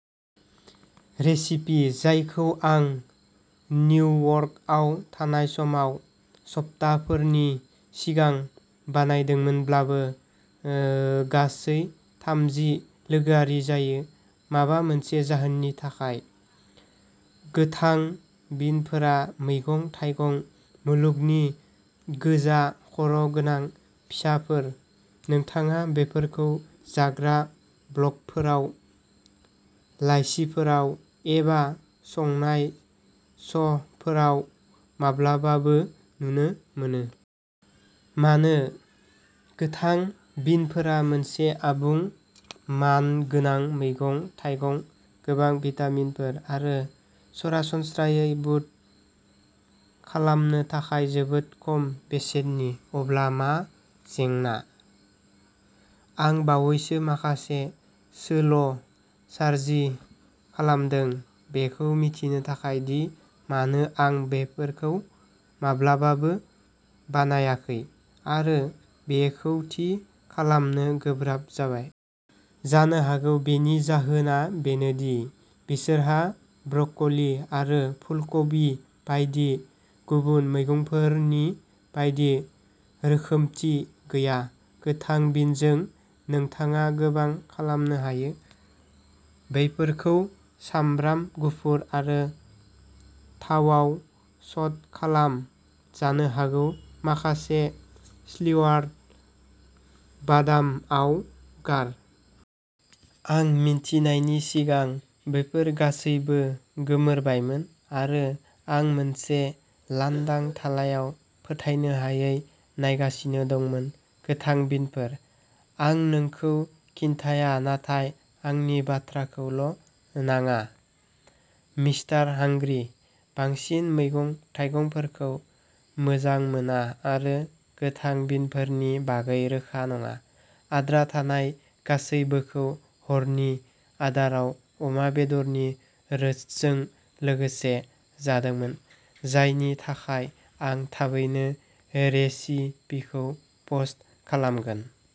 Recipe जायखौ आं निउयर्कआव थानाय समाव सप्ताहफोरनि सिगां बानायदोंमोनब्लाबो ओ गासै थामजि लोगोआरि जायो। माबा मोनसे जाहोननि थाखाय, गोथां बिनफोरा मैगं-थाइगं मुलुगनि गोजा खर'गोनां फिसाफोर। नोंथाङा बेफोरखौ जाग्रा ब्लगफोराव, लाइसिफोराव, एबा संनाय श'फोराव माब्लाबासो नुनो मोनो। मानो? गोथां बिनफोरा मोनसे आबुं मानगोनां मैगं-थाइगं गोबां भिटामिनफोर आरो सरासनस्रायै बुट खालामनो थाखाय जोबोद खम बेसेननि। अब्ला मा जेंना? आं बावैसो माखासे सोल सार्चिं खालामदों बेखौ मिथिनो थाखाय दि मानो आं बेफोरखौ माब्लाबाबो बानायाखै, आरो बेखौ थि खालामनो गोब्राब जाबाय। जानो हागौ बेनि जाहोना बेनो दि बिसोरहा ब्रकलि आरो फुलकबि बायदि गुबुन मैगंफोरनि बायदि रोखोमथि गैया। गोथां बिनजों नोंथाङा गोबां खालामनो हायो बेफोरखौ सामब्राम गुफुर आरो थावाव स'ट खालाम, जानो हागौ माखासे स्लिवार्ड बादामआव गार। आं मिन्थिनायनि सिगां बेफोर गासैबो गोमोरबायमोन आरो आं मोनसे लांदां थालायाव फोथायनो हायै नायगासिनो दंमोन गोथां बिनफोर? आं नोंखौ खिन्थाया नाथाय आंनि बाथ्राखौल' नाङा मिस्टार हांग्रि, बांसिन मैगं-थाइगंफोरखौ मोजां मोना आरो गोथां बिनफोरनि बागै रोखा नङा, आद्रा थानाय गासैबोखौ हरनि आदाराव अमा बेदरनि रोस्टजों लोगोसे जादोंमोन, जायनि थाखाय आं थाबैनो रेसिपिखौ पस्ट खालामगोन।